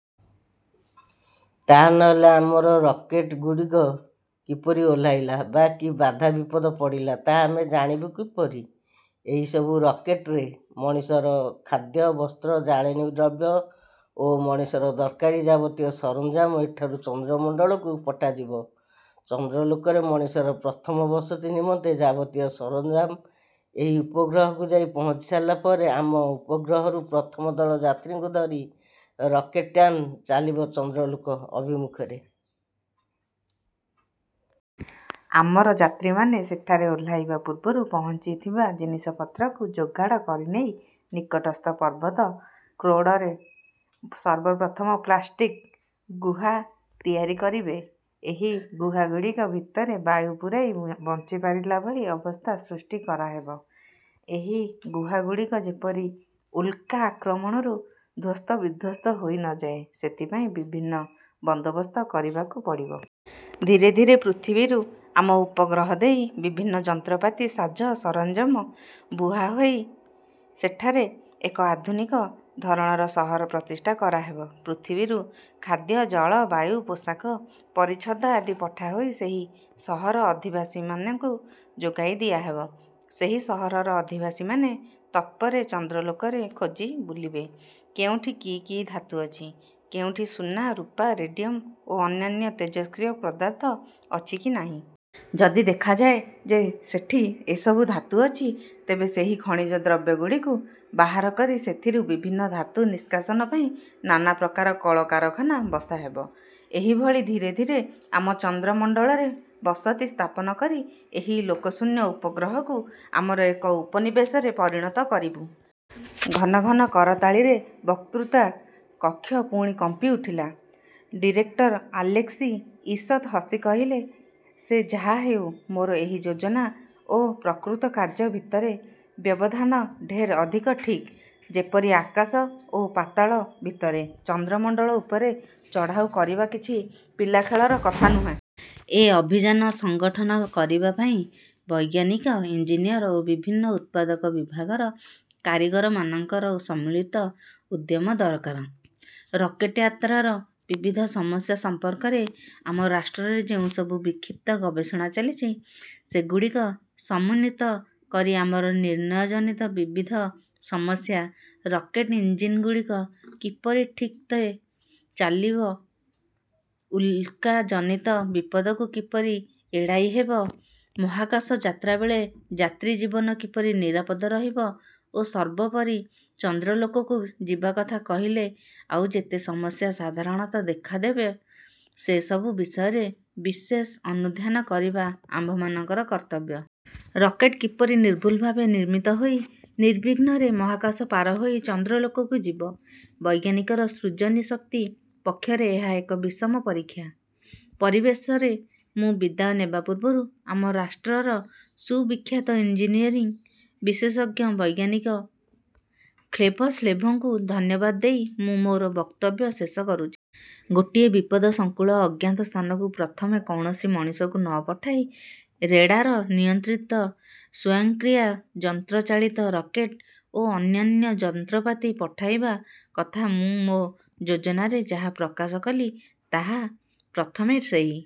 ତା' ନ ହେଲେ ଆମର ରକେଟ୍ ଗୁଡ଼ିକ କିପରି ଓହ୍ଲାଇଲା, ବା କି ବାଧା-ବିପଦ ପଡ଼ିଲା ତାହା ଆମେ ଜାଣିପାରିବୁ କିପରି? ଏହି ସବୁ ରକେଟ୍ରେ ମଣିଷର ଖାଦ୍ୟ, ବସ୍ତ୍ର, ଜାଳେଣି ଦ୍ରବ୍ୟ ଓ ମଣିଷର ଦରକାରୀ ଯାବତୀୟ ସରଞ୍ଜାମ ଏଠାରୁ ଚନ୍ଦ୍ରମଣ୍ଡଳକୁ ପଠାଯିବ। ଚନ୍ଦ୍ରଲୋକରେ ମଣିଷର ପ୍ରଥମ ବସତି ନିମନ୍ତେ ଯାବତୀୟ ସରଞ୍ଜାମ ଏହି ଉପଗ୍ରହକୁ ଯାଇ ପହଞ୍ଚିସାରିଲା ପରେ, ଆମ ଉପଗ୍ରହରୁ ପ୍ରଥମ ଦଳ ଯାତ୍ରୀଙ୍କୁ ଧରି ରକେଟ୍ଯାନ ଚାଲିବ ଚନ୍ଦ୍ରଲୋକ ଅଭିମୁଖରେ। ଆମର ଯାତ୍ରୀମାନେ ସେଠାରେ ଓହ୍ଲାଇବା ପୂର୍ବରୁ ପହଞ୍ଚିଥିବା ଜିନିଷପତ୍ରକୁ ଯୋଗାଡ଼ କରିନେଇ ନିକଟସ୍ଥ ପର୍ବତ କ୍ରୋଡ଼ରେ ସର୍ବପ୍ରଥମ ପ୍ଳାଷ୍ଟିକ୍ସ ଗୁହା ତିଆରି କରିବେ। ଏହି ଗୁହାଗୁଡ଼ିକ ଭିତରେ ବାୟୁ ପୁରାଇ ବଞ୍ଚିପାରିଲା ଭଳି ଅବସ୍ଥା ସୃଷ୍ଟି କରାହେବ। ଏହି ଗୁହାଗୁଡ଼ିକ ଯେପରି ଉଲ୍କା ଆକ୍ରମଣରୁ ଧ୍ୱସ୍ତବିଧ୍ୱସ୍ତ ହୋଇ ନ ଯାଏ, ସେଥିପାଇଁ ବିଭିନ୍ନ ବନ୍ଦୋବସ୍ତ କରିବାକୁ ପଡ଼ିବ। ଧୀରେ ଧୀରେ ପୃଥିବୀରୁ ଆମ ଉପଗ୍ରହ ଦେଇ ବିଭିନ୍ନ ଯନ୍ତ୍ରପାତି ସାଜ-ସରଞ୍ଜାମ ବୁହାହୋଇ ସେଠାରେ ଏକ ଆଧୁନିକ ଧରଣର ସହର ପ୍ରତିଷ୍ଠା କରାହେବ। ପୃଥିବୀରୁ ଖାଦ୍ୟ, ଜଳ, ବାୟୁ, ପୋଷାକ-ପରିଚ୍ଛଦଆଦି ପଠାହୋଇ ସେହି ସହରର ଅଧିବାସୀମାନଙ୍କୁ ଯୋଗାଇ ଦିଆହେବ। ସେହି ସହରର ଅଧିବାସୀମାନେ ତତ୍ପରେ ଚନ୍ଦ୍ରଲୋକରେ ଖୋଜିବୁଲିବେ, କେଉଁଠି କି କି ଧାତୁ ଅଛି, କେଉଁଠି ସୁନା, ରୂପା, ରେଡ଼ିୟମ୍ଓ ଅନ୍ୟାନ୍ୟ ତେଜସ୍କ୍ରିୟ ପଦାର୍ଥ ଅଛି କି ନାହିଁ। ଯଦି ଦେଖାଯାଏ ଯେ ସେଠି ଏସବୁ ଧାତୁ ଅଛି, ତେବେ ସେହି ଖଣିଜଦ୍ରବ୍ୟଗୁଡ଼ିକୁ ବାହାର କରି ସେଥିରୁ ବିଭିନ୍ନ ଧାତୁ ନିଷ୍କାସନ ପାଇଁ ନାନାପ୍ରକାର କଳକାରଖାନା ବସାହେବ। ଏହିଭଳି ଧୀରେ ଧୀରେ ଆମେ ଚନ୍ଦ୍ରମଣ୍ଡଳରେ ବସତି ସ୍ଥାପନ କରି ଏହି ଲୋକଶୂନ୍ୟ ଉପଗ୍ରହକୁ ଆମର ଏକ ଉପନିବେଶରେ ପରିଣତ କରିବୁଁ। '' ଘନ ଘନ କରତାଳିରେ ବକ୍ତୃତା କକ୍ଷ ପୁଣି କମ୍ପି ଉଠିଲା। ଡିରେକ୍ଟର ଆଲେସ୍କି ଈଷତ୍ ହସି କହିଲେ, ''ସେ ଯାହାହେଉ, ମୋର ଏହି ଯୋଜନା ଓ ପ୍ରକୃତ କାର୍ଯ୍ୟ ଭିତରେ ବ୍ୟବଧାନ ଢେର୍ ଅଧିକ-ଠିକ୍ ଯେପରି ଆକାଶ ଓ ପାତାଳ ଭିତରେ। ଚନ୍ଦ୍ରମଣ୍ଡଳ ଉପରେ ଚଢ଼ାଉ କରିବା କିଛି ପିଲାଖେଳର କଥା ନୁହେଁ। ଏ ଅଭିଯାନ ସଙ୍ଗଠନ କରିବା ପାଇଁ ବୈଜ୍ଞାନିକ, ଇଞ୍ଜିନିଅର୍ ଓ ବିଭିନ୍ନ ଉତ୍ପାଦକ ବିଭାଗର କାରିଗରମାନଙ୍କର ସମ୍ମିଳିତ ଉଦ୍ୟମ ଦରକାର। ରକେଟ୍ଯାତ୍ରାର ବିବିଧ ସମସ୍ୟା ସମ୍ପର୍କରେ ଆମ ରାଷ୍ଟ୍ରରେ ଯେଉଁ ସବୁ ବିକ୍ଷିପ୍ତ ଗବେଷଣା ଚାଲିଛି, ସେଗୁଡ଼ିକୁ ସମନ୍ୱିତ କରି ଆମର ନିର୍ଣ୍ଣୟଜନିତ ବିବିଧ ସମସ୍ୟା, ରକେଟ୍ଇଞ୍ଜିନ୍ଗୁଡ଼ିକ କିପରି ଠିକ୍ମତେ ଚାଲିବ, ଉଲ୍କାଜନିତ ବିପଦକୁ କିପରି ଏଡ଼ାଇ ହେବ, ମହାକାଶ ଯାତ୍ରାବେଳେ ଯାତ୍ରୀ-ଜୀବନ କିପରି ନିରାପଦ ରହିବ ଓ ସର୍ବୋପରି ଚନ୍ଦ୍ରଲୋକକୁ ଯିବାକଥା କହିଲେ ଆଉ ଯେତେ ସମସ୍ୟା ସାଧାରଣତଃ ଦେଖାଦେବ, ସେ ସବୁ ବିଷୟରେ ବିଶେଷ ଅନୁଧ୍ୟାନ କରିବା ଆମ୍ଭମାନଙ୍କର କର୍ତ୍ତବ୍ୟ। ରକେଟ୍ କିପରି ନିର୍ଭୁଲଭାବେ ନିର୍ମିତ ହୋଇ, ନିର୍ବିଘ୍ନରେ ମହାକାଶ ପାରହୋଇ ଚନ୍ଦ୍ରଲୋକକୁ ଯିବ, ବୈଜ୍ଞାନିକର ସୃଜନୀ ଶକ୍ତି ପକ୍ଷରେ ଏହା ଏକ ବିଷମ ପରୀକ୍ଷା। ''ପରିଶେଷରେ ମୁଁ ବିଦାୟ ନେବା ପୂର୍ବରୁ ଆମ ରାଷ୍ଟ୍ରର ସୁବିଖ୍ୟାତ ଇନ୍ଜିନିୟରିଂ ବିଶେଷଜ୍ଞ ବୈଜ୍ଞାନିକ ଖ୍ଲେବତ୍ସେଭ୍ଙ୍କୁ ଧନ୍ୟବାଦ ଦେଇ ମୁଁ ମୋର ବକ୍ତବ୍ୟ ଶେଷ କରୁଛି। ଗୋଟିଏ ବିପଦସଂକୁଳ ଅଜ୍ଞାତ ସ୍ଥାନକୁ ପ୍ରଥମେ କୌଣସି ମଣିଷକୁ ନ ପଠାଇ ରେଡ଼ାର ନିୟନ୍ତ୍ରିତ ସ୍ୱୟଂକ୍ରିୟ ଯନ୍ତ୍ରଚାଳିତ ରକେଟ୍ ଓ ଅନ୍ୟାନ୍ୟ ଯନ୍ତ୍ରପାତି ପଠାଇବା କଥା ମୁଁ ମୋ ଯୋଜନାରେ ଯାହା ପ୍ରକାଶ କଲି ତାହା ପ୍ରଥମେ ସେହି